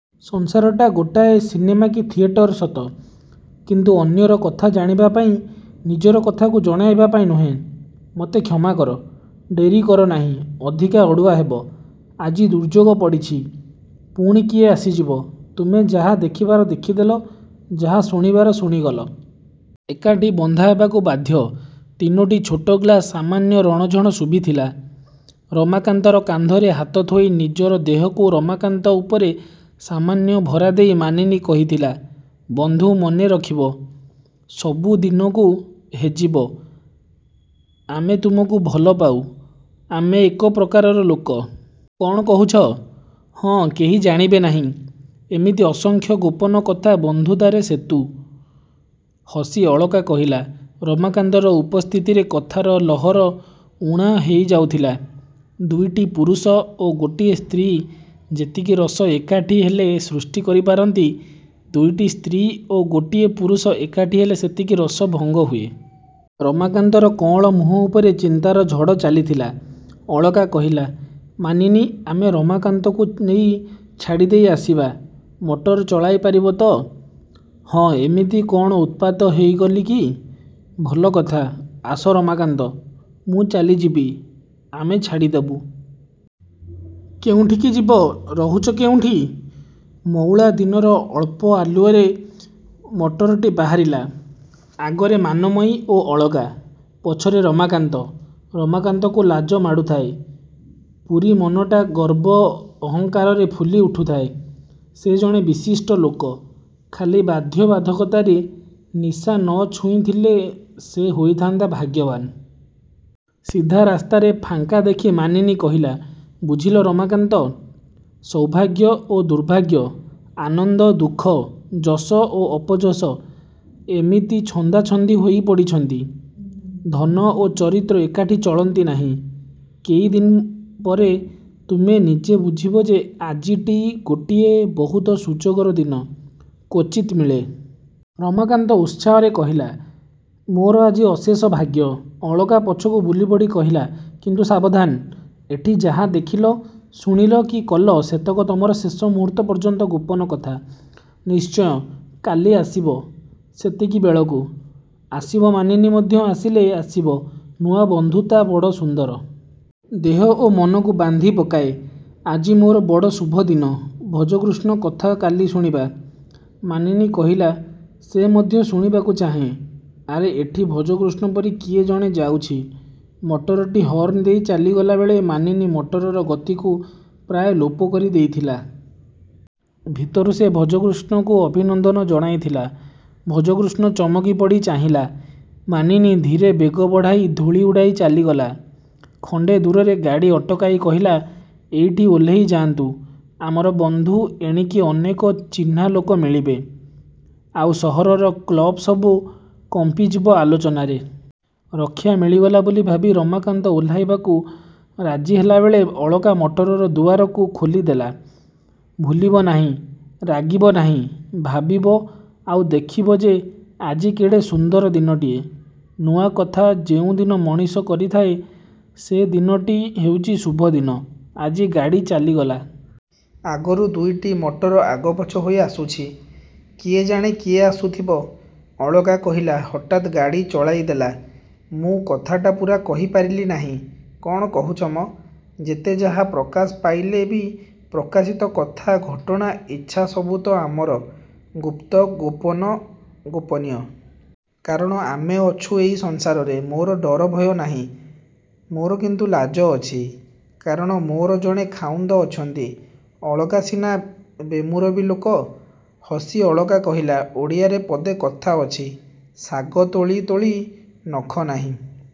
ସଂସାରଟା ଗୋଟାଏ ସିନେମା କି ଥିଏଟର ସତ; କିନ୍ତୁ ଅନ୍ୟର କଥା ଜାଣିବା ପାଇଁ-ନିଜର କଥାକୁ ଜଣାଇବା ପାଇଁ ନୁହେଁ। -ମତେ କ୍ଷମା କର। -ଡେରି କର ନାହିଁ। ଅଧିକା ଅଡ଼ୁଆ ହେବ। ଆଜି ଦୁର୍ଯୋଗ ପଡ଼ିଛି। ପୁଣି କିଏ ଆସିଯିବ? ତୁମେ ଯାହା ଦେଖିବାର ଦେଖି ଦେଲ-ଯାହା ଶୁଣିବାର ଶୁଣିଗଲ। ଏକାଠି ବନ୍ଧା ହେବାକୁ ବାଧ୍ୟ। ତିନୋଟି ଛୋଟ ଗ୍ଲାସ୍ର ସାମାନ୍ୟ ରଣଝଣ ଶୁଭିଥିଲା। ରମାକାନ୍ତର କାନ୍ଧରେ ହାତ ଥୋଇ ନିଜର ଦେହକୁ ରମାକାନ୍ତ ଉପରେ ସାମାନ୍ୟ ଭରା ଦେଇ ମାନିନୀ କହିଥିଲା-ବଂଧୁ, ମନେରଖିବ। ସବୁ ଦିନକୁ ହେଜିବ-ଆମେ ତୁମକୁ ଭଲ ପାଉ। ଆମେ ଏକ ପ୍ରକାରର ଲୋକ। କ'ଣ କହୁଛ? -ହଁ। କେହି ଜାଣିବେ ନାହିଁ। ଏମିତି ଅସଂଖ୍ୟ ଗୋପନ କଥା ବନ୍ଧୁତାର ସେତୁ। ହସି ଅଳକା କହିଲା। ରମାକାନ୍ତର ଉପସ୍ଥିତିରେ କଥାର ଲହର ଊଣା ହେଇ ଯାଉଥିଲା-ଦୁଇଟି ପୁରୁଷ ଓ ଗୋଟିଏ ସ୍ତ୍ରୀ ଯେତିକି ରସ ଏକାଠି ହେଲେ ସୃଷ୍ଟି କରି ପାରନ୍ତି, ଦୁଇଟି ସ୍ତ୍ରୀ ଓ ଗୋଟିଏ ପୁରୁଷ ଏକାଠି ହେଲେ ସେତିକି ରସଭଙ୍ଗ ହୁଏ। ରମାକାନ୍ତର କଅଁଳ ମୁହଁ ଉପରେ ଚିନ୍ତାର ଝଡ଼ ଚାଲିଥିଲା। ଅଳକା କହିଲା-ମାନିନୀ, ଆମେ ରମାକାନ୍ତଙ୍କୁ ନେଇ ଛାଡ଼ି ଦେଇ ଆସିବା। ମଟର ଚଳାଇ ପାରିବ ତ। -ହଁ, ଏମିତି କ'ଣ ଉତ୍ପାତ ହେଇଗଲି କି? -ଭଲ କଥା। -ଆସ ରମାକାନ୍ତ। -ମୁଁ ଚାଲିଯିବି। -ଆମେ ଛାଡ଼ି ଦବୁ। କେଉଁଠିକି ଯିବ? ରହୁଛ କେଉଁଠି? ମଉଳା ଦିନର ଅଳ୍ପ ଆଲୁଅରେ ମଟରଟି ବାହାରିଲା-ଆଗରେ ମାନମୟୀ ଓ ଅଳକା। ପଛରେ ରମାକାନ୍ତ। ରମାକାନ୍ତକୁ ଲାଜ ମାଡ଼ୁଥାଏ। ପୁରି ମନଟା ଗର୍ବ ଅହଙ୍କାରରେ ଫୁଲି ଉଠୁଥାଏ-ସେ ଜଣେ ବିଶିଷ୍ଟ ଲୋକ। ଖାଲି ବାଧ୍ୟବାଧକତାରେ ନିଶା ନ ଛୁଇଁଥିଲେ ସେ ହୋଇଥାନ୍ତା ଭାଗ୍ୟବାନ୍-। ସିଧା ରାସ୍ତାରେ ଫାଙ୍କା ଦେଖି ମାନିନୀ କହିଲା-ବୁଝିଲ ରମାକାନ୍ତ, ସୌଭାଗ୍ୟ ଓ ଦୁର୍ଭାଗ୍ୟ, ଆନନ୍ଦ, ଦୁଃଖ, ଯଶ ଓ ଅପଯଶ ଏମିତି ଛନ୍ଦାଛନ୍ଦି ହୋଇ ପଡ଼ିଛନ୍ତି। ଧନ ଓ ଚରିତ୍ର ଏକାଠି ଚଳନ୍ତି ନାହିଁ। କେଇ ଦିନ ପରେ ତୁମେ ନିଜେ ବୁଝିବ ଯେ ଆଜିଟି ଗୋଟିଏ ବହୁତ ସୁଯୋଗର ଦିନ-କ୍ୱଚିତ୍ ମିଳେ। ରମାକାନ୍ତ ଉତ୍ସାହରେ କହିଲା-ମୋର ଆଜି ଅଶେଷ ଭାଗ୍ୟ। ଅଳକା ପଛକୁ ବୁଲିପଡ଼ି କହିଲା-କିନ୍ତୁ ସାବଧାନ! ଏଠି ଯାହା ଦେଖିଲ, ଶୁଣିଲ କି କଲ ସେତକ ତମର ଶେଷ ମୁହୂର୍ତ୍ତ ପର୍ଯ୍ୟନ୍ତ ଗୋପନ କଥା। -ନିଶ୍ଚୟ। -କାଲି ଆସିବ। ସେତିକି ବେଳକୁ। ଆସିବ ମାନିନୀ ମଧ୍ୟ ଆସିଲେ ଆସିବ ନୂଆ ବନ୍ଧୁତା ବଡ଼ ସୁନ୍ଦର। ଦେହ ଓ ମନକୁ ବାନ୍ଧି ପକାଏ। ଆଜି ମୋର ବଡ଼ ଶୁଭଦିନ-ଭଜକୃଷ୍ଣ କଥା କାଲି ଶୁଣିବା। ମାନିନୀ କହିଲା-ସେ ମଧ୍ୟ ଶୁଣିବାକୁ ଚାହେଁ। ଆରେ ଏଠି ଭଜକୃଷ୍ଣ ପରି କିଏ ଜଣେ ଯାଉଛି। ମଟରଟି ହର୍ଣ୍ଣ ଦେଇ ଚାଲିଗଲା ବେଳେ ମାନିନୀ ମଟରର ଗତିକୁ ପ୍ରାୟ ଲୋପ କରି ଦେଇଥିଲା। ଭିତରୁ ସେ ଭଜକୃଷ୍ଣକୁ ଅଭିନନ୍ଦନ ଜଣାଇଥିଲା। ଭଜକୃଷ୍ଣ ଚମକି ପଡ଼ି ଚାହିଁଲା। ମାନିନୀ ଧୀରେ ବେଗ ବଢ଼ାଇ ଧୂଳି ଉଠାଇ ଚାଲିଗଲା। ଖଣ୍ଡେ ଦୂରରେ ଗାଡ଼ି ଅଟକାଇ କହିଲା-ଏଇଠି ଓହ୍ଲେଇଯାନ୍ତୁ-ଆମର ବନ୍ଧୁ। ଏଣିକି ଅନେକ ଚିହ୍ନା ଲୋକ ମିଳିବେ। ଆଉ ସହରର କ୍ଲବ ସବୁ କମ୍ପିଯିବ ଆଲୋଚନାରେ। ରକ୍ଷା ମିଳିଗଲା ବୋଲି ଭାବି ରମାକାନ୍ତ ଓହ୍ଲାଇବାକୁ ରାଜି ହେଲାବେଳେ ଅଳକା ମଟରର ଦୁଆରକୁ ଖୋଲିଦେଲା। -ଭୁଲିବ ନାହିଁ। ରାଗିବ ନାହିଁ। -ଭାବିବ ଆଉ ଦେଖିବ ଯେ ଆଜି କେଡ଼େ ସୁନ୍ଦର ଦିନଟିଏ-ନୂଆ କଥା ଯେଉଁଦିନ ମଣିଷ କରିଥାଏ ସେ ଦିନଟି ହେଉଛି ଶୁଭଦିନ। ଆଜି ଗାଡ଼ି ଚାଲିଗଲା। ଆଗରୁ ଦୁଇଟି ମଟର ଆଗପଛ ହୋଇ ଆସୁଛି। କିଏ ଜାଣେ କିଏ ଆସୁଥିବ। ଅଳକା କହିଲା-ହଠାତ୍ ଗାଡ଼ି ଚଳାଇ ଦେଲା। ମୁଁ କଥାଟା ପୂରା କହି ପାରିଲି ନାହିଁ। -କ'ଣ କହୁଛ ମ? ଯେତେ ଯାହା ପ୍ରକାଶ ପାଇଲେ ବି ପ୍ରକାଶିତ କଥା, ଘଟଣା, ଇଚ୍ଛା ସବୁ ତ ଆମର ଗୁପ୍ତ-ଗୋପନ-ଗୋପନୀୟ। କାରଣ ଆମେ ଅଛୁ ଏଇ ସଂସାରରେ। -ମୋର ଡର ଭୟ ନାହିଁ। -ମୋର କିନ୍ତୁ ଲାଜ ଅଛି। କାରଣ ମୋର ଜଣେ ଖାଉନ୍ଦ ଅଛନ୍ତି। ଅଳକା ସିନା ବେମୁରବି ଲୋକ। ହସି ଅଳକା କହିଲା-ଓଡ଼ିଆରେ ପଦେ କଥା ଅଛି। -ଶାଗ ତୋଳି ତୋଳି ନଖ ନାହିଁ।